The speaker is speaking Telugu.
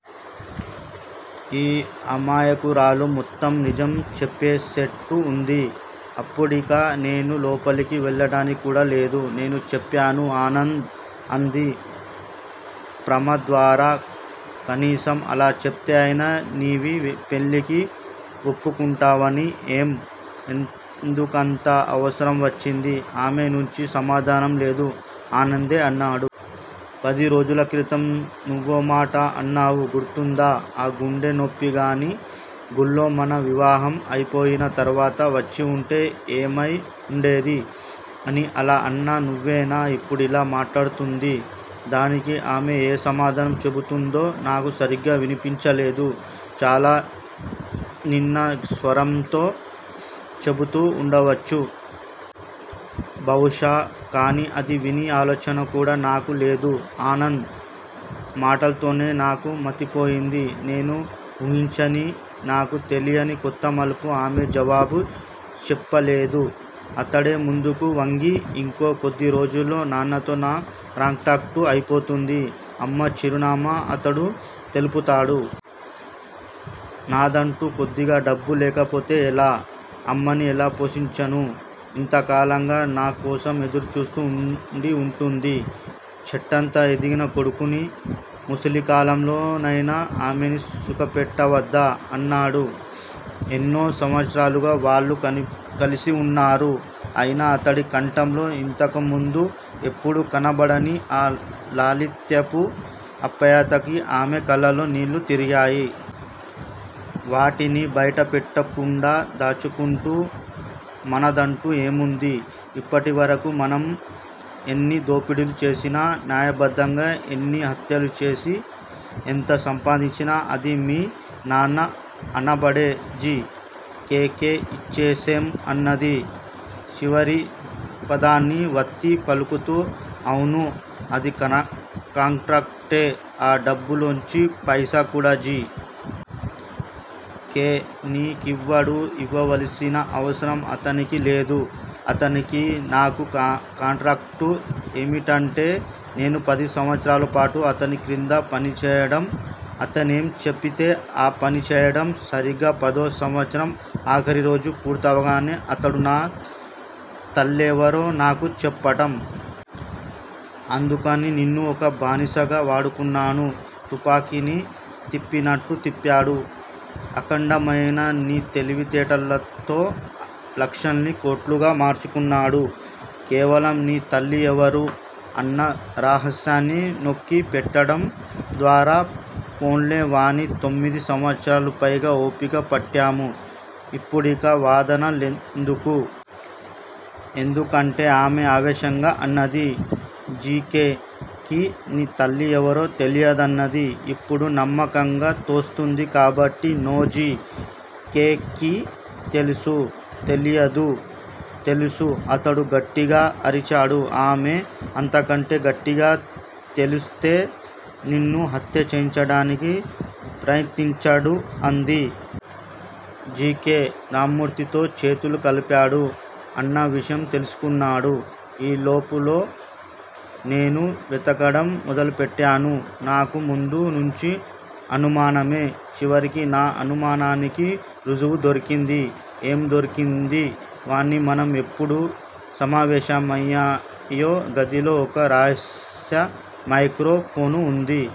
ఈ అమాయకురాలు మొత్తం నిజం చెప్పేసేట్టూ వుంది. అప్పుడిక నేను లోపలికి వెళ్ళటానికి కూడా లేదు. నేనే చెప్పాను ఆనంద్ అంది ప్రమద్వార. కనీసం అలా చెప్తే అయినా నీవీ పెళ్ళికి ఒప్పుకుంటావని ఏం? ఎందుకంత అవసరం వచ్చింది? ఆమె నుంచి సమాధానం లేదు. ఆనందే అన్నాడు. పది రోజుల క్రితం నువ్వోమాట అన్నావు గుర్తుందా? ఆ గుండె నొప్పే గానీ గుళ్ళో మన వివాహం అయిపోయిన తరువాత వచ్చివుంటే ఏమై వుండేది? అని అలా అన్న నువ్వేనా ఇప్పుడిలా మాట్లాడుతూంది? దానికి ఆమె ఏం సమాధానం చెపుతూందో నాకు సరిగ్గా వినిపించలేదు. చాలా నిన్న స్వరంతో చెపుతూ వుండవచ్చు. బహుశా కానీ అది వినే ఆలోచన కూడా నాకు లేదు. ఆనంద్ మాటల్తోనే నాకు మతిపోయింది నేను వూహించని, నాకు తెలియని కొత్త మలుపు ఆమె జవాబు చెప్పలేదు. అతడే ముందుకు వంగి, ఇంకో కొద్ది రోజుల్లో నాన్నతో నా కాంట్రాక్టు అయిపోతుంది. అమ్మ చిరునామా అతడు తెలుపుతాడు. నాదంటూ కొద్దిగా డబ్బు లేకపోతే ఎలా! అమ్మని ఎలా పోషించను! ఇంత కాలంగా నా కోసం ఎదురుచూస్తూ వుండి ఉంటుంది. చెట్టంత ఎదిగిన కొడుకుని! ముసలి కాలంలో నైనా ఆమెని సుఖపెట్టవద్దా? అన్నాడు. ఎన్నో సంవత్సరాలుగా వాళ్ళు కలిసివున్నారు. అయినా అతడి కంఠంలో ఇంతకుముందు ఎప్పుడూ కనబడని ఆ లాలిత్యపు ఆప్యాయతకి ఆమె కళ్ళల్లో నీళ్ళు తిరిగాయి. వాటిని బయట పెట్టకుండా దాచుకుంటూ, మనదంటూ ఏముంది? ఇప్పటివరకూ మనం ఎన్ని దోపిడీలు చేసినా, న్యాయబద్ధంగా ఎన్ని హత్యలు చేసి ఎంత సంపాదించినా అది మీ నాన్న అనబడే జి. కే. కే ఇచ్చేసేం అన్నది చివరి పదాన్ని వత్తి పలుకుతూ. అవును. అదీ కాంట్రాక్టే ఆ డబ్బులోంచి పైసా కూడా జి. కే. నీ కివ్వడు ఇవ్వవలసిన అవసరం అతనికి లేదు. అతనికీ నాకూ కాంట్రాక్టు ఏమిటంటే- నేను పది సంవత్సరాల పాటు అతని క్రింద పనిచేయడం అతనేం చెపితే ఆ పనిచేయడం సరీగా పదో సంవత్సరం ఆఖరి రోజు పూర్తవగానే అతడు నా తల్లెవరో నాకు చెప్పటం. అందుకని నిన్ను ఒక బానిసగా వాడుకున్నాను. తుపాకిని తిప్పినట్టు తిప్పాడు. అఖండమైన నీ తెలివితేటల్తో లక్షల్ని కోట్లుగా మార్చుకున్నాడు. కేవలం, నీ తల్లి ఎవరు, అన్న రహస్యాన్ని నొక్కి పెట్టటం ద్వారా- పోన్లే వాణి, తొమ్మిది సంవత్సరాల పైగా ఓపిక పట్టాము. ఇప్పుడిక వాదన లెందుకు? ఎందుకంటే ఆమె ఆవేశంగా అన్నది. జి. కె. కి నీ తల్లి ఎవరో తెలియదన్నది ఇప్పుడు నమ్మకంగా తోస్తూంది కాబట్టి నో జి. కె. కి తెలుసు. తెలీదు, తెలుసు అతడు గట్టిగా అరిచాడు. ఆమె అంతకంటే గట్టిగా తెలుస్తే నిన్ను హత్యచేయించటానికి ప్రయత్నించడు అంది. జి. కే. రామ్మూర్తితో చేతులు కలిపాడు అన్న విషయం తెలుసుకున్నాడు. ఈ లోపులో నేను వెతకటం మొదలుపెట్టాను. నాకు ముందు నుంచీ అనుమానమే- చివరికి నా అనుమానానికి ఋజువు దొరికింది. ఏం దొరికింది వాణి మనం ఎప్పుడూ సమావేశమయ్యే గదిలో ఒక రహస్య మైక్రో ఫోను వుంది.